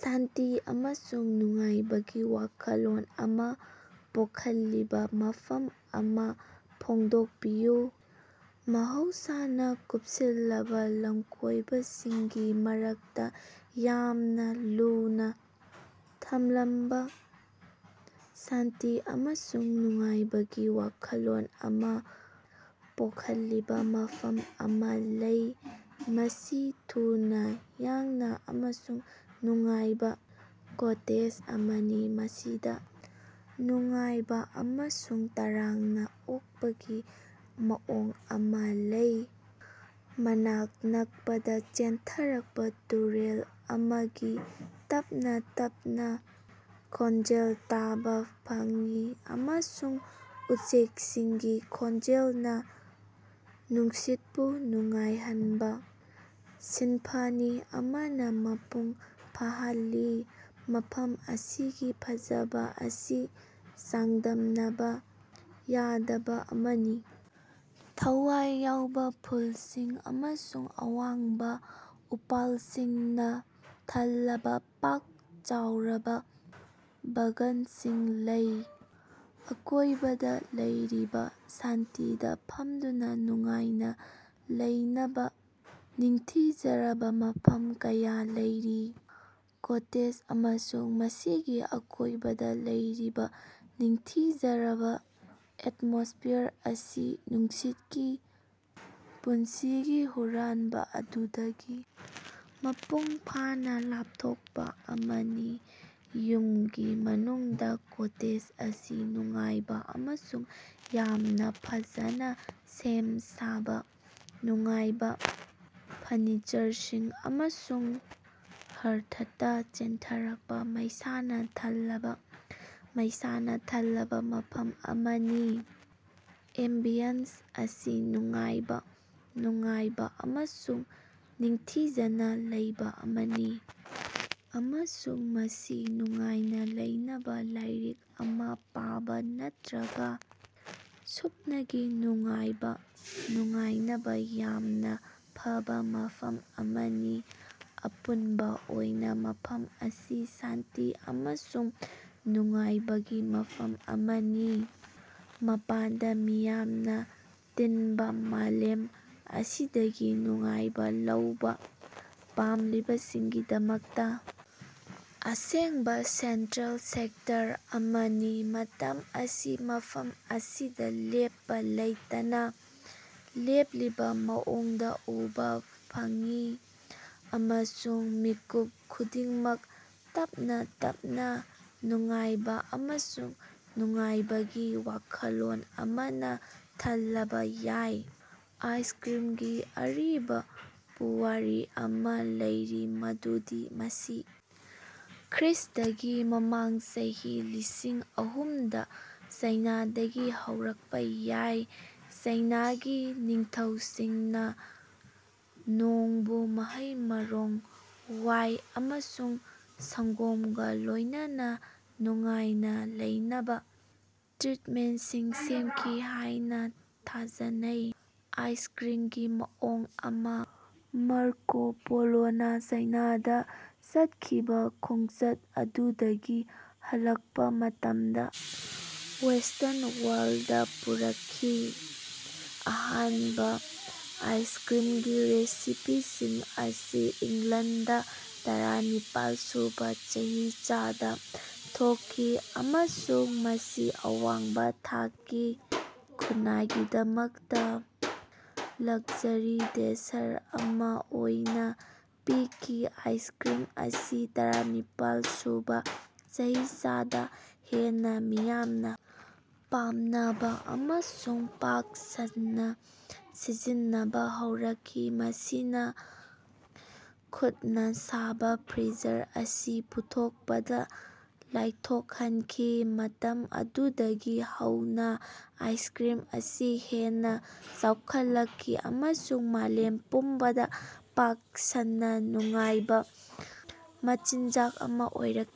ꯁꯥꯟꯇꯤ ꯑꯃꯁꯨꯡ ꯅꯨꯡꯉꯥꯏꯕꯒꯤ ꯋꯥꯈꯜꯂꯣꯟ ꯑꯃ ꯄꯣꯛꯍꯜꯂꯤꯕ ꯃꯐꯝ ꯑꯃ ꯐꯣꯡꯗꯣꯛꯄꯤꯌꯨ꯫ ꯃꯍꯧꯁꯥꯅ ꯀꯨꯞꯁꯤꯜꯂꯕ ꯂꯝꯀꯣꯏꯕꯁꯤꯡꯒꯤ ꯃꯔꯛꯇ ꯌꯥꯝꯅ ꯂꯨꯅ ꯊꯝꯂꯕ ꯁꯥꯟꯇꯤ ꯑꯃꯁꯨꯡ ꯅꯨꯡꯉꯥꯏꯕꯒꯤ ꯋꯥꯈꯜꯂꯣꯟ ꯑꯃ ꯄꯣꯛꯍꯜꯂꯤꯕ ꯃꯐꯝ ꯑꯃ ꯂꯩ꯫ ꯃꯁꯤ ꯊꯨꯅ ꯌꯥꯡꯅ ꯑꯃꯁꯨꯡ ꯅꯨꯡꯉꯥꯏꯕ ꯀꯣꯇꯦꯖ ꯑꯃꯅꯤ꯫ ꯃꯁꯤꯗ ꯅꯨꯡꯉꯥꯏꯕ ꯑꯃꯁꯨꯡ ꯇꯔꯥꯝꯅ ꯑꯣꯛꯄꯒꯤ ꯃꯑꯣꯡ ꯑꯃ ꯂꯩ꯫ ꯃꯅꯥꯛ ꯅꯛꯄꯗ ꯆꯦꯟꯊꯔꯛꯄ ꯇꯨꯔꯦꯜ ꯑꯃꯒꯤ ꯇꯞꯅ ꯇꯞꯅ ꯈꯣꯟꯖꯦꯜ ꯇꯥꯕ ꯐꯪꯏ꯫ ꯑꯃꯁꯨꯡ ꯎꯆꯦꯛꯁꯤꯡꯒꯤ ꯈꯣꯟꯖꯦꯜꯅ ꯅꯨꯡꯁꯤꯠꯄꯨ ꯅꯨꯡꯉꯥꯏꯍꯟꯕ ꯁꯤꯝꯐꯅꯤ ꯑꯃꯅ ꯃꯄꯨꯡ ꯐꯥꯍꯜꯂꯤ꯫ ꯃꯐꯝ ꯑꯁꯤꯒꯤ ꯐꯖꯕ ꯑꯁꯤ ꯆꯥꯡꯗꯝꯅꯕ ꯌꯥꯗꯕ ꯑꯃꯅꯤ꯫ ꯊꯋꯥꯏ ꯌꯥꯎꯕ ꯐꯨꯜꯁꯤꯡ ꯑꯃꯁꯨꯡ ꯑꯋꯥꯡꯕ ꯎꯄꯥꯜꯁꯤꯡꯅ ꯊꯜꯂꯕ ꯄꯥꯛ ꯆꯥꯎꯔꯕ ꯕꯒꯟꯁꯤꯡ ꯂꯩ꯫ ꯑꯀꯣꯏꯕꯗ ꯂꯩꯔꯤꯕ ꯁꯥꯟꯇꯤꯗ ꯐꯝꯗꯨꯅ ꯅꯨꯡꯉꯥꯏꯅ ꯂꯩꯅꯕ ꯅꯤꯡꯊꯤꯖꯔꯕ ꯃꯐꯝ ꯀꯌꯥ ꯂꯩꯔꯤ꯫ ꯀꯣꯇꯦꯖ ꯑꯃꯁꯨꯡ ꯃꯁꯤꯒꯤ ꯑꯀꯣꯏꯕꯗ ꯂꯩꯔꯤꯕ ꯅꯤꯡꯊꯤꯖꯔꯕ ꯑꯦꯠꯃꯣꯁ꯭ꯐꯤꯌꯥꯔ ꯑꯁꯤ ꯅꯨꯡꯁꯤꯠꯒꯤ ꯄꯨꯟꯁꯤꯒꯤ ꯍꯨꯔꯥꯟꯕ ꯑꯗꯨꯗꯒꯤ ꯃꯄꯨꯡ ꯐꯥꯅ ꯂꯥꯞꯊꯣꯛꯄ ꯑꯃꯅꯤ꯫ ꯌꯨꯝꯒꯤ ꯃꯅꯨꯡꯗ ꯀꯣꯇꯦꯖ ꯑꯁꯤ ꯅꯨꯡꯉꯥꯏꯕ ꯑꯃꯁꯨꯡ ꯌꯥꯝꯅ ꯐꯖꯅ ꯁꯦꯝ ꯁꯥꯕ ꯅꯨꯡꯉꯥꯏꯕ ꯐꯅꯤꯆꯔꯁꯤꯡ ꯑꯃꯁꯨꯡ ꯍꯦꯔꯊꯇꯥ ꯆꯦꯟꯊꯔꯛꯄ ꯃꯩꯁꯥꯅ ꯊꯜꯂꯕ ꯃꯩꯁꯥꯅ ꯊꯜꯂꯕ ꯃꯐꯝ ꯑꯃꯅꯤ꯫ ꯑꯦꯝꯕꯤꯌꯟꯁ ꯑꯁꯤ ꯅꯨꯡꯉꯥꯏꯕ ꯅꯨꯡꯉꯥꯏꯕ ꯑꯃꯁꯨꯡ ꯅꯤꯡꯊꯤꯖꯅ ꯂꯩꯕ ꯑꯃꯅꯤ꯫ ꯑꯃꯁꯨꯡ ꯃꯁꯤ ꯅꯨꯡꯉꯥꯏꯅ ꯂꯩꯅꯕ ꯂꯥꯏꯔꯤꯛ ꯑꯃ ꯄꯥꯕꯥ ꯅꯠꯇ꯭ꯔꯒ ꯁꯨꯞꯅꯒꯤ ꯅꯨꯡꯉꯥꯏꯕ ꯅꯨꯡꯉꯥꯏꯅꯕ ꯌꯥꯝꯅ ꯐꯕ ꯃꯐꯝ ꯑꯃꯅꯤ꯫ ꯑꯄꯨꯟꯕ ꯑꯣꯏꯅ ꯃꯐꯝ ꯑꯁꯤ ꯁꯥꯟꯇꯤ ꯑꯃꯁꯨꯡ ꯅꯨꯡꯉꯥꯏꯕꯒꯤ ꯃꯐꯝ ꯑꯃꯅꯤ꯫ ꯃꯄꯥꯟꯗ ꯃꯤ ꯌꯥꯝꯅ ꯇꯤꯟꯕ ꯃꯥꯂꯦꯝ ꯑꯁꯤꯗꯒꯤ ꯅꯨꯡꯉꯥꯏꯕ ꯂꯧꯕ ꯄꯥꯝꯂꯤꯕꯁꯤꯡꯒꯤꯗꯃꯛꯇ ꯑꯁꯦꯡꯕ ꯁꯦꯟꯇ꯭ꯔꯦꯜ ꯁꯦꯛꯇꯔ ꯑꯃꯅꯤ꯫ ꯃꯇꯝ ꯑꯁꯤ ꯃꯐꯝ ꯑꯁꯤꯗ ꯂꯦꯞꯄ ꯂꯩꯇꯅ ꯂꯦꯞꯂꯤꯕ ꯃꯑꯣꯡꯗ ꯎꯕ ꯐꯪꯏ꯫ ꯑꯃꯁꯨꯡ ꯃꯤꯀꯨꯞ ꯈꯨꯗꯤꯡꯃꯛ ꯇꯞꯅ ꯇꯞꯅ ꯅꯨꯡꯉꯥꯏꯕ ꯑꯃꯁꯨꯡ ꯅꯨꯡꯉꯥꯏꯕꯒꯤ ꯋꯥꯈꯜꯂꯣꯟ ꯑꯃꯅ ꯊꯜꯂꯕ ꯌꯥꯏ꯫ ꯑꯥꯏꯁꯀ꯭ꯔꯤꯝꯒꯤ ꯑꯔꯤꯕ ꯄꯨꯋꯥꯔꯤ ꯑꯃ ꯂꯩꯔꯤ ꯃꯗꯨꯗꯤ ꯃꯁꯤ ꯈ꯭ꯔ꯭ꯤꯁ꯭ꯇꯒꯤ ꯃꯃꯥꯡ ꯆꯍꯤ ꯂꯤꯁꯤꯡ ꯑꯍꯨꯝꯗ ꯆꯥꯏꯅꯥꯗꯒꯤ ꯍꯧꯔꯛꯄ ꯌꯥꯏ꯫ ꯆꯥꯏꯅꯥꯒꯤ ꯅꯤꯡꯊꯧꯁꯤꯡꯅ ꯅꯣꯡꯕꯨ ꯃꯍꯩ-ꯃꯔꯣꯡ, ꯋꯥꯏ ꯑꯃꯁꯨꯡ ꯁꯪꯒꯣꯝꯒ ꯂꯣꯏꯅꯅ ꯅꯨꯡꯉꯥꯏꯅ ꯂꯩꯅꯕ ꯇ꯭ꯔꯤꯠꯃꯦꯟꯇꯁꯤꯡ ꯁꯦꯝꯈꯤ ꯍꯥꯏꯅ ꯊꯥꯖꯅꯩ꯫ ꯑꯥꯏꯁꯀ꯭ꯔꯤꯃꯒꯤ ꯃꯑꯣꯡ ꯑꯃ ꯃꯥꯔꯀꯣ ꯄꯣꯂꯣꯅꯥ ꯆꯥꯏꯅꯥꯗ ꯆꯠꯈꯤꯕ ꯈꯣꯡꯆꯠ ꯑꯗꯨꯗꯒꯤ ꯍꯜꯂꯛꯄ ꯃꯇꯝꯗ ꯋꯦꯁ꯭ꯇꯔꯟ ꯋꯥꯔꯜꯗ ꯗ ꯄꯨꯔꯛꯈꯤ꯫ ꯑꯍꯥꯟꯕ ꯑꯥꯏꯁꯀ꯭ꯔꯤꯝꯒꯤ ꯔꯦꯁꯤꯄꯤꯁꯤꯡ ꯑꯁꯤ ꯏꯪꯂꯟꯗ ꯗ ꯇꯔꯥ ꯅꯤꯄꯥꯜ ꯁꯨꯕ ꯆꯍꯤꯆꯥꯗ ꯊꯣꯛꯈꯤ ꯫ ꯑꯃꯁꯨꯡ ꯃꯁꯤ ꯑꯋꯥꯡꯕ ꯊꯥꯛꯀꯤ ꯈꯨꯟꯅꯥꯏꯒꯤꯗꯃꯛꯇ ꯂꯛꯖꯔꯤ ꯗꯦꯁꯔ ꯑꯃ ꯑꯣꯏꯅ ꯄꯤꯈꯤ꯫ ꯑꯥꯏꯁꯀ꯭ꯔꯤꯝ ꯑꯁꯤ ꯇꯔꯥꯅꯤꯄꯥꯜ ꯁꯨꯕ ꯆꯍꯤꯆꯥꯗ ꯍꯦꯟꯅ ꯃꯤꯌꯥꯝꯅ ꯄꯥꯝꯅꯕ ꯑꯃꯁꯨꯡ ꯄꯥꯛ ꯁꯟꯅ ꯁꯤꯖꯤꯟꯅꯕ ꯍꯧꯔꯛꯈꯤ꯫ ꯃꯁꯤꯅ ꯈꯨꯠꯅ ꯁꯥꯕ ꯐ꯭ꯔꯤꯖꯔ ꯑꯁꯤ ꯄꯨꯊꯣꯛꯄꯗ ꯂꯥꯏꯊꯣꯛꯍꯟꯈꯤ꯫ ꯃꯇꯝ ꯑꯗꯨꯗꯒꯤ ꯍꯧꯅ ꯑꯥꯏꯁꯀ꯭ꯔꯤꯝ ꯑꯁꯤ ꯍꯦꯟꯅ ꯆꯥꯎꯈꯠꯂꯛꯈꯤ ꯫ꯑꯃꯁꯨꯡ ꯃꯥꯂꯦꯝ ꯄꯨꯝꯕꯗ ꯄꯥꯛ ꯁꯟꯅ ꯅꯨꯡꯉꯥꯏꯕ ꯃꯆꯤꯟꯖꯥꯛ ꯑꯃ ꯑꯣꯏꯔꯛꯈꯤ꯫